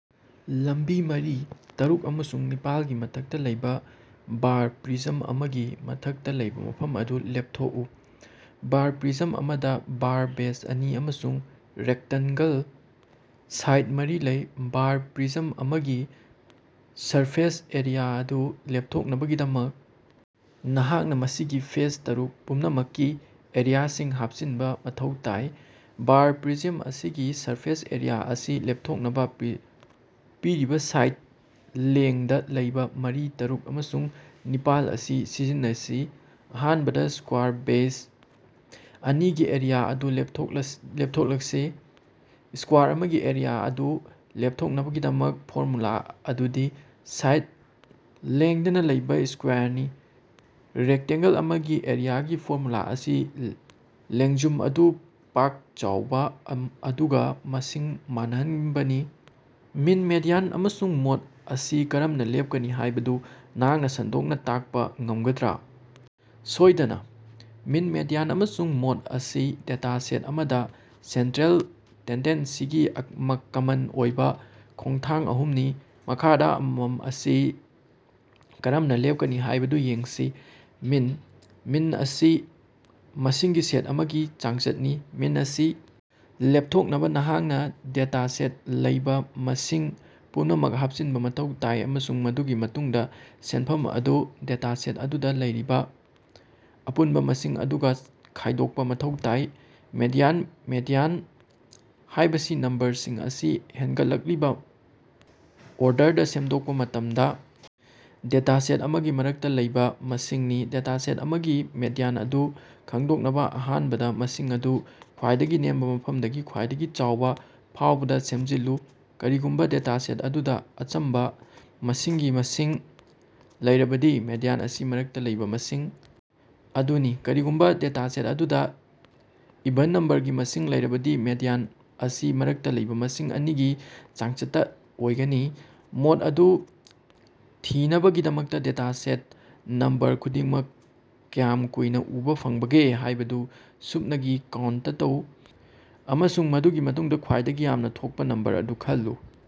ꯂꯝꯕꯤ ꯃꯔꯤ, ꯇꯔꯨꯛ ꯑꯃꯁꯨꯡ ꯅꯤꯄꯥꯜꯒꯤ ꯃꯊꯛꯇ ꯂꯩꯕ ꯕꯥꯔ ꯄ꯭ꯔꯤꯖꯝ ꯑꯃꯒꯤ ꯃꯊꯛꯇ ꯂꯩꯕ ꯃꯐꯝ ꯑꯗꯨ ꯂꯦꯞꯊꯣꯛꯎ꯫ ꯕꯥꯔ ꯄ꯭ꯔꯤꯖꯝ ꯑꯃꯗ ꯕꯥꯔ ꯕꯦꯖ ꯑꯅꯤ ꯑꯃꯁꯨꯡ ꯔꯦꯛꯇꯟꯒꯜ ꯁꯥꯏꯗ ꯃꯔꯤ ꯂꯩ꯫ ꯕꯥꯔ ꯄ꯭ꯔꯤꯖꯝ ꯑꯃꯒꯤ ꯁꯔꯐꯦꯁ ꯑꯦꯔꯤꯌꯥ ꯑꯗꯨ ꯂꯦꯞꯊꯣꯛꯅꯕꯒꯤꯗꯃꯛ, ꯅꯍꯥꯛꯅ ꯃꯁꯤꯒꯤ ꯐꯦꯁ ꯇꯔꯨꯛ ꯄꯨꯝꯅꯃꯛꯀꯤ ꯑꯦꯔꯤꯌꯥꯁꯤꯡ ꯍꯥꯞꯆꯤꯟꯕ ꯃꯊꯧ ꯇꯥꯏ꯫ꯕꯥꯔ ꯄ꯭ꯔꯤꯖꯝ ꯑꯁꯤꯒꯤ ꯁꯔꯐꯦꯁ ꯑꯦꯔꯤꯌꯥ ꯑꯁꯤ ꯂꯦꯞꯊꯣꯛꯅꯕ, ꯄꯤꯔꯤꯕ ꯁꯥꯏꯗ ꯂꯦꯡꯗꯅ‌ ꯂꯩꯕ ꯃꯔꯤ, ꯇꯔꯨꯛ, ꯑꯃꯁꯨꯡ ꯅꯤꯄꯥꯟꯜ ꯑꯁꯤ ꯁꯤꯖꯤꯟꯅꯁꯤ꯫ ꯑꯍꯥꯟꯕꯗ, ꯁꯀ꯭ꯋꯥꯔ ꯕꯦꯖ ꯑꯅꯤꯒꯤ ꯑꯦꯔꯤꯌꯥ ꯑꯗꯨ ꯂꯦꯞꯊꯣꯛꯂꯁꯤ: ꯁꯀ꯭ꯋꯥꯔ ꯑꯃꯒꯤ ꯑꯦꯔꯤꯌꯥ ꯑꯗꯨ ꯂꯦꯞꯊꯣꯛꯅꯕꯒꯤ ꯐꯣꯔꯃꯨꯂꯥ ꯑꯗꯨꯗꯤ ꯁꯥꯏꯗ ꯂꯦꯡꯗꯅ ꯂꯩꯕ ꯁ꯭ꯀꯣꯌꯔꯅꯤ꯫ ꯔꯦꯛꯇꯟꯒꯜ ꯑꯃꯒꯤ ꯑꯦꯔꯤꯌꯥꯒꯤ ꯐꯣꯔꯃꯨꯂꯥ ꯑꯁꯤ ꯂꯦꯡꯖꯨꯝ ꯑꯗꯨ ꯄꯥꯛ ꯆꯥꯎꯕ ꯑꯗꯨꯒ ꯃꯁꯤꯡ ꯃꯥꯟꯅꯍꯟꯕꯅꯤ꯫ ꯃꯤꯟ ꯃꯦꯗꯤꯌꯥꯟ ꯑꯃꯁꯨꯡ ꯃꯣꯗ ꯑꯁꯤ ꯀꯔꯝꯅ ꯂꯦꯞꯀꯅꯤ ꯍꯥꯏꯕꯗꯨ ꯅꯍꯥꯛꯅ ꯁꯟꯗꯣꯛꯅ ꯇꯥꯛꯄ ꯉꯝꯒꯗ꯭ꯔꯥ? ꯁꯣꯏꯗꯅ! ꯃꯤꯟ, ꯃꯦꯗꯤꯌꯥꯟ ꯑꯃꯁꯨꯡ ꯃꯣꯗ ꯑꯁꯤ ꯗꯦꯇꯥ ꯁꯦꯠ ꯑꯃꯗ ꯁꯦꯟꯇ꯭ꯔꯦꯜ ꯇꯦꯟꯗꯦꯟꯁꯤꯒꯤ ꯀꯃꯟ ꯑꯣꯏꯕ ꯈꯣꯡꯊꯥꯡ ꯑꯍꯨꯝꯅꯤ꯫ ꯃꯈꯥꯗ ꯑꯃꯃꯝ ꯑꯁꯤ ꯀꯔꯝꯅ ꯂꯦꯞꯀꯅꯤ ꯍꯥꯏꯕꯗꯨ ꯌꯦꯡꯁꯤ‌: ꯃꯤꯟ - ꯃꯤꯟ ꯑꯁꯤ ꯃꯁꯤꯡꯒꯤ ꯁꯦꯠ ꯑꯃꯒꯤ ꯆꯥꯡꯆꯠꯅꯤ꯫ ꯃꯤꯟ ꯑꯁꯤ ꯂꯦꯞꯊꯣꯛꯅꯕ, ꯅꯍꯥꯛꯅ ꯗꯦꯇꯥꯁꯦꯇꯠꯇ ꯂꯩꯕ ꯃꯁꯤꯡ ꯄꯨꯝꯅꯃꯛ ꯍꯥꯞꯆꯤꯟꯕ ꯃꯊꯧ ꯇꯥꯏ ꯑꯃꯁꯨꯡ ꯃꯗꯨꯒꯤ ꯃꯇꯨꯡꯗ ꯁꯦꯟꯐꯝ ꯑꯗꯨ ꯗꯦꯇꯥꯁꯦꯠ ꯑꯗꯨꯗ ꯂꯩꯔꯤꯕ ꯑꯄꯨꯟꯕ ꯃꯁꯤꯡ ꯑꯗꯨꯒ ꯈꯥꯏꯗꯣꯛꯄ ꯃꯊꯧ ꯇꯥꯏ꯫ ꯃꯦꯗꯤꯌꯥꯟ - ꯃꯦꯗꯤꯌꯥꯟ ꯍꯥꯏꯕꯁꯤ ꯅꯝꯕꯔꯁꯤꯡ ꯑꯁꯤ ꯍꯦꯟꯒꯠꯂꯛꯂꯤꯕ ꯑꯣꯔꯗꯔꯗ ꯁꯦꯝꯗꯣꯛꯄ ꯃꯇꯝꯗ ꯗꯦꯇꯥꯁꯦꯠ ꯑꯃꯒꯤ ꯃꯔꯛꯇ ꯂꯩꯕ ꯃꯁꯤꯡꯅꯤ꯫ ꯗꯦꯇꯥ ꯁꯦꯠ ꯑꯃꯒꯤ ꯃꯦꯗꯤꯌꯥꯟ ꯑꯗꯨ ꯈꯪꯗꯣꯛꯅꯕ, ꯑꯍꯥꯟꯕꯗ ꯃꯁꯤꯡ ꯑꯗꯨ ꯈ꯭ꯋꯥꯏꯗꯒꯤ ꯅꯦꯝꯕ ꯃꯐꯝꯗꯒꯤ ꯈ꯭ꯋꯥꯏꯗꯒꯤ ꯆꯥꯎꯕ ꯐꯥꯎꯕꯗ ꯁꯦꯝꯖꯤꯜꯂꯨ꯫ ꯀꯔꯤꯒꯨꯝꯕ ꯗꯦꯇꯥꯁꯦꯠ ꯑꯗꯨꯗ ꯑꯆꯝꯕ ꯃꯁꯤꯡꯒꯤ ꯃꯁꯤꯡ ꯂꯩꯔꯕꯗꯤ, ꯃꯦꯗꯤꯌꯥꯟ ꯑꯁꯤ ꯃꯔꯛꯇ ꯂꯩꯕ ꯃꯁꯤꯡ ꯑꯗꯨꯅꯤ꯫ ꯀꯔꯤꯒꯨꯝꯕꯥ ꯗꯦꯇꯥꯁꯦꯠ ꯑꯗꯨꯗ ꯏꯚꯟ ꯅꯝꯕꯔꯒꯤ ꯃꯁꯤꯡ ꯂꯩꯔꯕꯗꯤ, ꯃꯦꯗꯤꯌꯥꯟ ꯑꯁꯤ ꯃꯔꯛꯇ ꯂꯩꯕꯥ ꯃꯁꯤꯡ ꯑꯅꯤꯒꯤ ꯆꯥꯡꯆꯠꯇ ꯑꯣꯏꯒꯅꯤ꯫ ꯃꯣꯗ ꯑꯗꯨ ꯊꯤꯅꯕꯒꯤꯗꯃꯛꯇꯥ ꯗꯦꯇꯥꯁꯦꯠꯇ ꯅꯝꯕꯔ ꯈꯨꯗꯤꯡꯃꯛ ꯀꯌꯥꯝ ꯀꯨꯏꯅ ꯎꯕꯥ ꯐꯪꯕꯒꯦ ꯍꯥꯏꯕꯗꯨ ꯁꯨꯞꯅꯒꯤ ꯀꯥꯎꯟꯇ ꯇꯧ, ꯑꯃꯁꯨꯡ ꯃꯗꯨꯒꯤ ꯃꯇꯨꯡꯗ ꯈ꯭ꯋꯥꯏꯗꯒꯤ ꯌꯥꯝꯅ ꯊꯣꯛꯄ ꯅꯝꯕꯔ ꯑꯗꯨ ꯈꯜꯂꯨ꯫